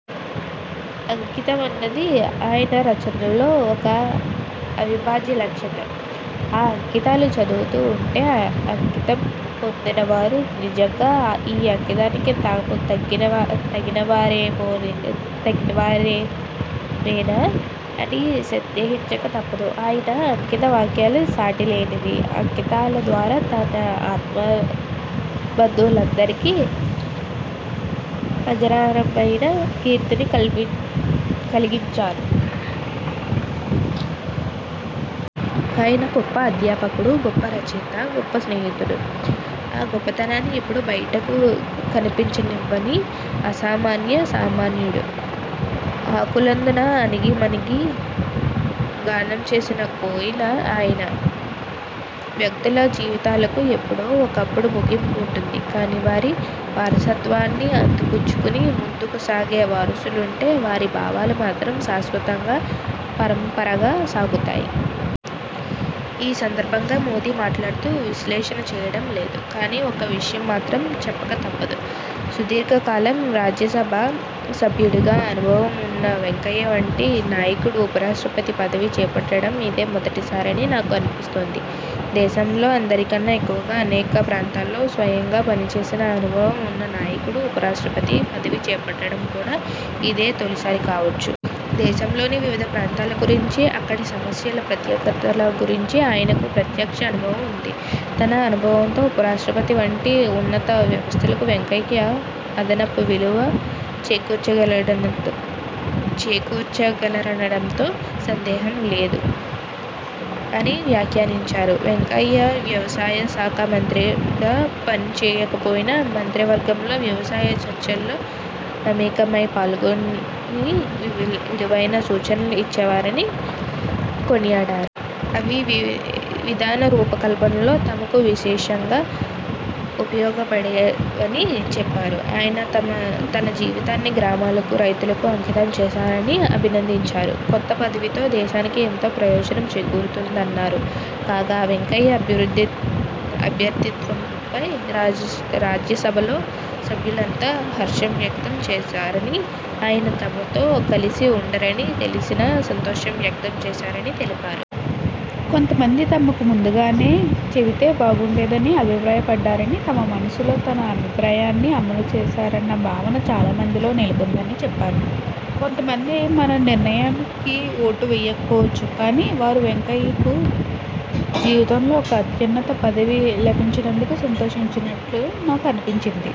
అంకితమన్నది ఆయన రచనలో ఒక అవిభాజ్య లక్షణం. ఆ అంకితాలు చదువుతూ ఉంటే అంకితం పొందిన వారు నిజంగా ఈ అంకితానికి తాము తగినవారమేనా అని సందేహించక తప్పదు. ఆయన అంకిత వాక్యాలు సాటి లేనివి. అంకితాల ద్వారా తన ఆత్మబంధువులందరికీ అజరామరమైన కీర్తిని కలిగించారు. ఆయన గొప్ప అధ్యాపకుడు, గొప్ప రచయిత, గొప్ప స్నేహితుడు. ఆ గొప్పతనాన్ని ఎప్పుడూ బయటకు కనిపించనివ్వని అసామాన్య సామాన్యుడు. ఆకులందున అణగిమణగీ గానం చేసిన కోయిల ఆయన. వ్యక్తుల జీవితాలకు ఎప్పుడో ఒకప్పుడు ముగింపు ఉంటుంది, కాని వారి వారసత్వాన్ని అందిపుచ్చుకుని ముందుకు సాగే వారసులుంటే వారి భావాలు మాత్రం శాశ్వతంగా పరంపరగా సాగుతాయి. ఈ సందర్భంగా మోదీ మాట్లాడుతూ, ''విశ్లేషణ చేయడం లేదు. కానీ, ఒక్క విషయం మాత్రం చెప్పక తప్పదు. సుదీర్ఘ కాలం రాజ్యసభ సభ్యుడిగా అనుభవం ఉన్న వెంకయ్య వంటి నాయకుడు ఉప రాష్ట్రపతి పదవి చేపట్టడం ఇదే మొదటిసారని నాకు అనిపిస్తోంది. దేశంలో అందరికన్నా ఎక్కువగా అనేక ప్రాంతాల్లో స్వయంగా పనిచేసిన అనుభవం ఉన్న నాయకుడు ఉప రాష్ట్రపతి పదవి చేపట్టడం కూడా ఇదే తొలిసారి కావచ్చు. దేశంలోని వివిధ ప్రాంతాల గురించి, అక్కడి సమస్యలు, ప్రత్యేకతల గురించి ఆయనకు ప్రత్యక్ష అనుభవం ఉంది. తన అనుభవంతో ఉపరాష్ట్రపతి వంటి ఉన్నత వ్యవస్థకు వెంకయ్య అదనపు విలువ చేకూర్చగలరనడంలో సందేహం లేదు'' అని వ్యాఖ్యానించారు. వెంకయ్య వ్యవసాయ శాఖ మంత్రిగా పని చేయకపోయినా మంత్రివర్గంలో వ్యవసాయ చర్చల్లో మమేకమై పాల్గొని విలువైన సూచనలు ఇచ్చే వారని కొనియాడారు. అవి విధాన రూపకల్పనలో తమకు విశేషంగా ఉపయోగపడేవని చెప్పారు. ఆయన తన జీవితాన్ని గ్రామాలు, రైతులకు అంకితం చేశారని అభినందించారు. కొత్త పదవితో దేశానికి ఎంతో ప్రయోజనం చేకూరుతుందన్నారు. కాగా, వెంకయ్య అభ్యర్థిత్వంపై రాజ్యసభలో సభ్యులంతా హర్షం వ్యక్తం చేశారని, ఆయన తమతో కలిసి ఉండరని తెలిసినా సంతోషం వ్యక్తం చేశారని తెలిపారు. కొంతమంది తమకు ముందుగానే చెబితే బాగుండేదని అభిప్రాయపడ్డారని, తమ మనసులో ఉన్న అభిప్రాయాన్నే అమలు చేశారన్న భావన చాలా మందిలో నెలకొందని చెప్పారు. ''కొంతమంది మన నిర్ణయానికి ఓటు వేయకపోవచ్చు. కానీ, వారు వెంకయ్యకు జీవితంలో ఒక అత్యున్నత పదవి లభించినందుకు సంతోషించినట్లు నాకు అనిపించింది.